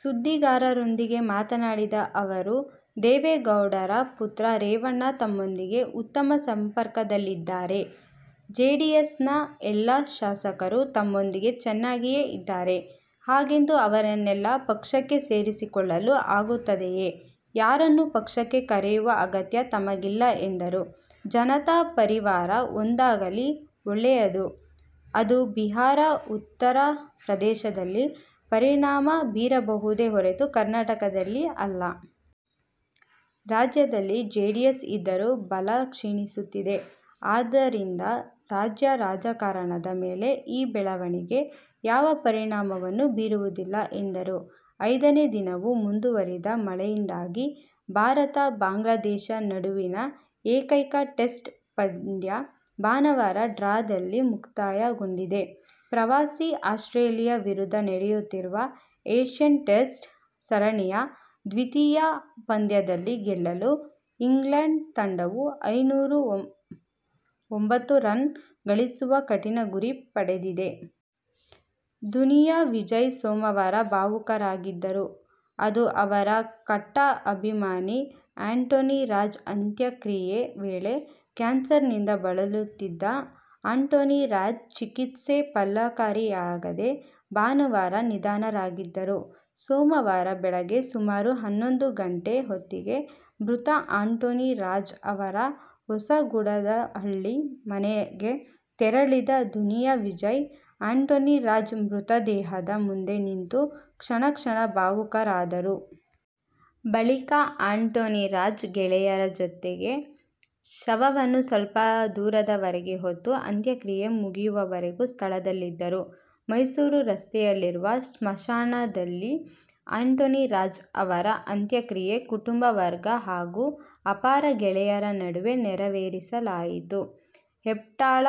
ಸುದ್ದಿಗಾರರೊಂದಿಗೆ ಮಾತನಾಡಿದ ಅವರು, ದೇವೇಗೌಡರ ಪುತ್ರ ರೇವಣ್ಣ ತಮ್ಮೊಂದಿಗೆ ಉತ್ತಮ ಸಂಪರ್ಕದಲ್ಲಿದ್ದಾರೆ. ಜೆಡಿಎಸ್ನ ಎಲ್ಲ ಶಾಸಕರು ತಮ್ಮೊಂದಿಗೆ ಚೆನ್ನಾಗಿಯೇ ಇದ್ದಾರೆ. ಹಾಗೆಂದು ಅವರನ್ನೆಲ್ಲ ಪಕ್ಷಕ್ಕೆ ಸೇರಿಸಿಕೊಳ್ಳಲು ಆಗುತ್ತದೆಯೇ? ಯಾರನ್ನು ಪಕ್ಷಕ್ಕೆ ಕರೆಯುವ ಅಗತ್ಯ ತಮಗಿಲ್ಲ ಎಂದರು. ಜನತಾ ಪರಿವಾರ ಒಂದಾಗಲಿ, ಒಳ್ಳೆಯದು. ಅದು ಬಿಹಾರ, ಉತ್ತರ ಪ್ರದೇಶದಲ್ಲಿ ಪರಿಣಾಮ ಬೀರಬಹುದೇ ಹೊರತು ಕರ್ನಾಟಕದಲ್ಲಿ ಅಲ್ಲ. ರಾಜ್ಯದಲ್ಲಿ ಜೆಡಿಎಸ್ ಇದ್ದರೂ ಬಲ ಕ್ಷೀಣಿಸುತ್ತಿದೆ. ಆದರಿಂದ ರಾಜ್ಯ ರಾಜಕಾರಣದ ಮೇಲೆ ಈ ಬೆಳವಣಿಗೆ ಯಾವ ಪರಿಣಾಮವನ್ನು ಬೀರುವುದಿಲ್ಲ ಎಂದರು. ಐದನೇ ದಿನವೂ ಮುಂದುವರಿದ ಮಳೆಯಿಂದಾಗಿ ಭಾರತ-ಬಾಂಗ್ಲಾದೇಶ ನಡುವಿನ ಏಕೈಕ ಟೆಸ್ಟ್ ಪಂದ್ಯ ಭಾನುವಾರ ಡ್ರಾದಲ್ಲಿ ಮುಕ್ತಾಯಗೊಂಡಿದೆ. ಪ್ರವಾಸಿ ಆಸ್ಟ್ರೇಲಿಯ ವಿರುದ್ಧ ನಡೆಯುತ್ತಿರುವ ಆ್ಯಶಸ್ ಟೆಸ್ಟ್ ಸರಣಿಯ ದ್ವಿತೀಯ ಪಂದ್ಯದಲ್ಲಿ ಗೆಲ್ಲಲು ಇಂಗ್ಲೆಂಡ್ ತಂಡವು ಐನೂರ ಒಂಬತ್ತು ರನ್ ಗಳಿಸುವ ಕಠಿನ ಗುರಿ ಪಡೆದಿದೆ. ದುನಿಯಾ ವಿಜಯ್ ಸೋಮವಾರ ಭಾವುಕರಾಗಿದ್ದರು. ಅದು ಅವರ ಕಟ್ಟಾ ಅಭಿಮಾನಿ ಆಂಟೋನಿರಾಜ್ ಅಂತ್ಯಕ್ರಿಯೆ ವೇಳೆ. ಕ್ಯಾನ್ಸರ್ನಿಂದ ಬಳಲುತ್ತಿದ್ದ ಆಂಟೋನಿರಾಜ್, ಚಿಕಿತ್ಸೆ ಫಲಕಾರಿಯಾಗದೆ ಭಾನುವಾರ ನಿಧನರಾಗಿದ್ದರು. ಸೋಮವಾರ ಬೆಳಗ್ಗೆ ಸುಮಾರು ಹನ್ನೊಂದು ಗಂಟೆ ಹೊತ್ತಿಗೆ ಮೃತ ಆಂಟೋನಿರಾಜ್ ಅವರ ಹೊಸಗುಡದಹಳ್ಳಿ ಮನೆಗೆ ತೆರಳಿದ ದುನಿಯಾ ವಿಜಯ್, ಆಂಟೋನಿರಾಜ್ ಮೃತದೇಹದ ಮುಂದೆ ನಿಂತು ಕ್ಷಣಕ್ಷಣ ಭಾವುಕರಾದರು. ಬಳಿಕ ಆಂಟೋನಿರಾಜ್ ಗೆಳೆಯರ ಜತೆಗೆ ಶವವನ್ನು ಸ್ವಲ್ಪ ದೂರದವರೆಗೆ ಹೊತ್ತು ಅಂತ್ಯಕ್ರಿಯೆ ಮುಗಿಯುವವರೆಗೂ ಸ್ಥಳದಲ್ಲಿದ್ದರು. ಮೈಸೂರು ರಸ್ತೆಯಲ್ಲಿರುವ ಸ್ಮಶಾನದಲ್ಲಿ ಆಂಟೋನಿರಾಜ್ ಅವರ ಅಂತ್ಯಕ್ರಿಯೆ ಕುಟುಂಬ ವರ್ಗ ಹಾಗು ಅಪಾರ ಗೆಳೆಯರ ನಡುವೆ ನೆರವೇರಿಸಲಾಯಿತು. ಹೆಬ್ಟಾಳ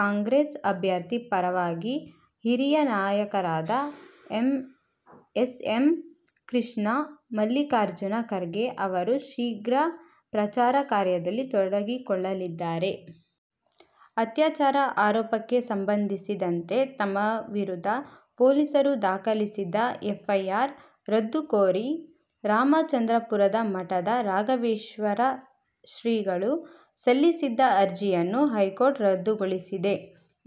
ಕಾಂಗ್ರೆಸ್ ಅಭ್ಯರ್ಥಿ ಪರವಾಗಿ ಹಿರಿಯ ನಾಯಕರಾದ ಎಸ್. ಎಂ. ಕೃಷ್ಣ, ಮಲ್ಲಿಕಾರ್ಜುನ ಖರ್ಗೆ ಅವರು ಶೀಘ್ರ ಪ್ರಚಾರ ಕಾರ್ಯದಲ್ಲಿ ತೊಡಗಿಕೊಳ್ಳಲಿದ್ದಾರೆ. ಅತ್ಯಾಚಾರ ಆರೋಪಕ್ಕೆ ಸಂಬಂಧಿಸಿದಂತೆ ತಮ್ಮ ವಿರುದ್ಧ ಪೊಲೀಸರು ದಾಖಲಿಸಿದ್ದ ಎಫ್ಐಆರ್ ರದ್ದು ಕೋರಿ ರಾಮಚಂದ್ರಾಪುರ ಮಠದ ರಾಘವೇಶ್ವರ ಶ್ರೀಗಳು ಸಲ್ಲಿಸಿದ್ದ ಅರ್ಜಿಯನ್ನು ಹೈಕೋರ್ಟ್ ರದ್ದುಗೊಳಿಸಿದೆ.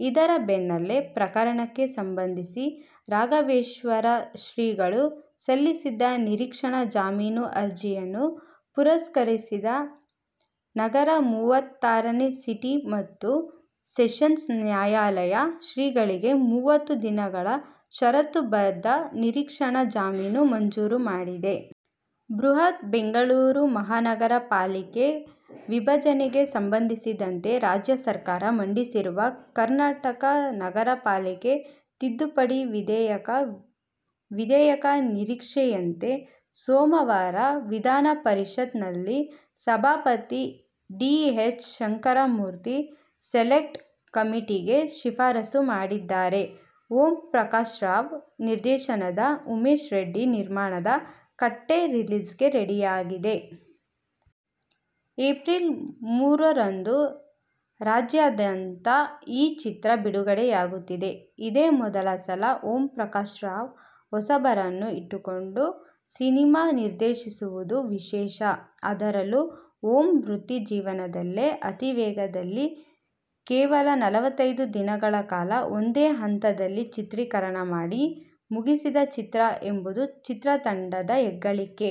ಇದರ ಬೆನ್ನಲ್ಲೇ ಪ್ರಕರಣಕ್ಕೆ ಸಂಬಂಧಿಸಿ ರಾಘವೇಶ್ವರ ಶ್ರೀಗಳು ಸಲ್ಲಿಸಿದ್ದ ನಿರೀಕ್ಷಣಾ ಜಾಮೀನು ಅರ್ಜಿಯನ್ನು ಪುರಸ್ಕರಿಸಿದ ನಗರ ಮೂವತ್ತಾರನೇ ಸಿಟಿ ಮತ್ತು ಸೆಷನ್ಸ್ ನ್ಯಾಯಾಲಯ, ಶ್ರೀಗಳಿಗೆ ಮೂವತ್ತು ದಿನಗಳ ಷರತ್ತುಬದ್ಧ ನಿರೀಕ್ಷಣಾ ಜಾಮೀನು ಮಂಜೂರು ಮಾಡಿದೆ. ಬೃಹತ್ ಬೆಂಗಳೂರು ಮಹಾನಗರ ಪಾಲಿಕೆ ವಿಭಜನೆಗೆ ಸಂಬಂಧಿಸಿದಂತೆ ರಾಜ್ಯ ಸರ್ಕಾರ ಮಂಡಿಸಿರುವ ಕರ್ನಾಟಕ ನಗರ ಪಾಲಿಕೆ ತಿದ್ದುಪಡಿ ವಿಧೇಯಕ ವಿಧೇಯಕ ನಿರೀಕ್ಷೆಯಂತೆ ಸೋಮವಾರ ವಿಧಾನಪರಿಷತ್ ನಲ್ಲಿ ಸಭಾಪತಿ ಡಿ. ಎಚ್. ಶಂಕರಮೂರ್ತಿ ಸೆಲೆಕ್ಟ್ ಕಮಿಟಿಗೆ ಶಿಫಾರಸು ಮಾಡಿದ್ದಾರೆ. ಓಂಪ್ರಕಾಶ್ರಾವ್ ನಿರ್ದೇಶನದ ಉಮೇಶ್ರೆಡ್ಡಿ ನಿರ್ಮಾಣದ ಕಟ್ಟೆ ರಿಲೀಸ್ಗೆ ರೆಡಿಯಾಗಿದೆ. ಏಪ್ರಿಲ್ ಮೂರು ರಂದು ರಾಜ್ಯಾದ್ಯಂತ ಈ ಚಿತ್ರ ಬಿಡುಗಡೆಯಾಗುತ್ತಿದೆ. ಇದೇ ಮೊದಲ ಸಲ ಓಂಪ್ರಕಾಶ್ ರಾವ್, ಹೊಸಬರನ್ನು ಇಟ್ಟುಕೊಂಡು ಸಿನಿಮಾ ನಿರ್ದೇಶಿಸಿರುವುದು ವಿಶೇಷ. ಅದರಲ್ಲೂ ಓಂ ವೃತ್ತಿ ಜೀವನದಲ್ಲೇ ಅತಿವೇಗದಲ್ಲಿ ಕೇವಲ ನಲವತೈದು ದಿನಗಳ ಕಾಲ ಒಂದೇ ಹಂತದಲ್ಲಿ ಚಿತ್ರೀಕರಣ ಮಾಡಿ ಮುಗಿಸಿದ ಚಿತ್ರ ಎಂಬುದು ಚಿತ್ರತಂಡದ ಹೆಗ್ಗಳಿಕೆ.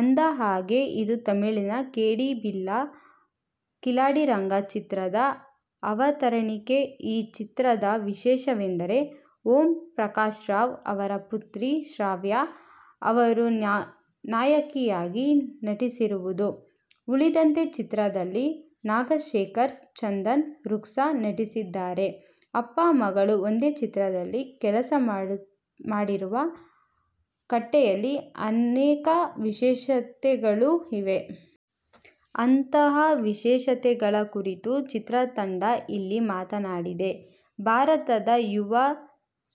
ಅಂದಹಾಗೆ, ಇದು ತಮಿಳಿನ ಕೇಡಿ ಬಿಲ್ಲಾ ಕಿಲಾಡಿ ರಂಗ ಚಿತ್ರದ ಅವತರಣಿಕೆ. ಈ ಚಿತ್ರದ ವಿಶೇಷವೆಂದರೆ, ಓಂಪ್ರಕಾಶ್ರಾವ್ ಅವರ ಪುತ್ರಿ ಶ್ರಾವ್ಯಾ ಅವರು ನಾಯಕಿಯಾಗಿ ನಟಿಸಿರುವುದು. ಉಳಿದಂತೆ ಚಿತ್ರದಲ್ಲಿ ನಾಗಶೇಖರ್, ಚಂದನ್, ರುಕ್ಸಾ ನಟಿಸಿದ್ದಾರೆ. ಅಪ್ಪ ಮಗಳು ಒಂದೇ ಚಿತ್ರದಲ್ಲಿ ಕೆಲಸ ಮಾಡಿರುವ ಕಟ್ಟೆಯಲ್ಲಿ ಅನೇಕ ವಿಶೇಷತೆಗಳೂ ಇವೆ. ಅಂತಹ ವಿಶೇಷತೆಗಳ ಕುರಿತು ಚಿತ್ರತಂಡ ಇಲ್ಲಿ ಮಾತಾಡಿದೆ. ಭಾರತದ ಯುವ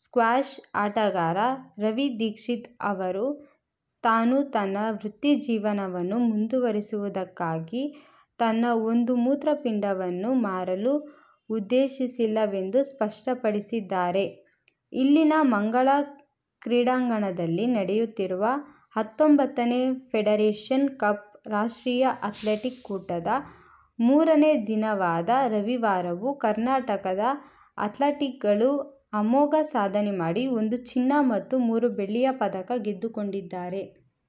ಸ್ಕ್ವಾಶ್ ಆಟಗಾರ ರವಿ ದೀಕ್ಷಿತ್ ಅವರು ತಾನು ತನ್ನ ವೃತ್ತಿಜೀವನವನ್ನು ಮುಂದುವರಿಸುವುದಕ್ಕಾಗಿ ತನ್ನ ಒಂದು ಮೂತ್ರಪಿಂಡವನ್ನು ಮಾರಲು ಉದ್ದೇಶಿಸಿಲ್ಲವೆಂದು ಸ್ಪಷ್ಟಪಡಿಸಿದ್ದಾರೆ. ಇಲ್ಲಿನ ಮಂಗಳಾ ಕ್ರೀಡಾಂಗಣದಲ್ಲಿ ನಡೆಯುತ್ತಿರುವ ಹತ್ತೊಂಬತ್ತನೇ ಫೆಡರೇಶನ್ ಕಪ್ ರಾಷ್ಟ್ರೀಯ ಆ್ಯತ್ಲೆಟಿಕ್ ಕೂಟದ ಮೂರನೇ ದಿನವಾದ ರವಿವಾರವೂ ಕರ್ನಾಟಕದ ಆ್ಯತ್ಲೀಟ್ಗಳು ಅಮೋಘ ಸಾಧನೆ ಮಾಡಿ ಒಂದು ಚಿನ್ನ ಮತ್ತು ಮೂರು ಬೆಳ್ಳಿಯ ಪದಕ ಗೆದ್ದುಕೊಂಡಿದ್ದಾರೆ.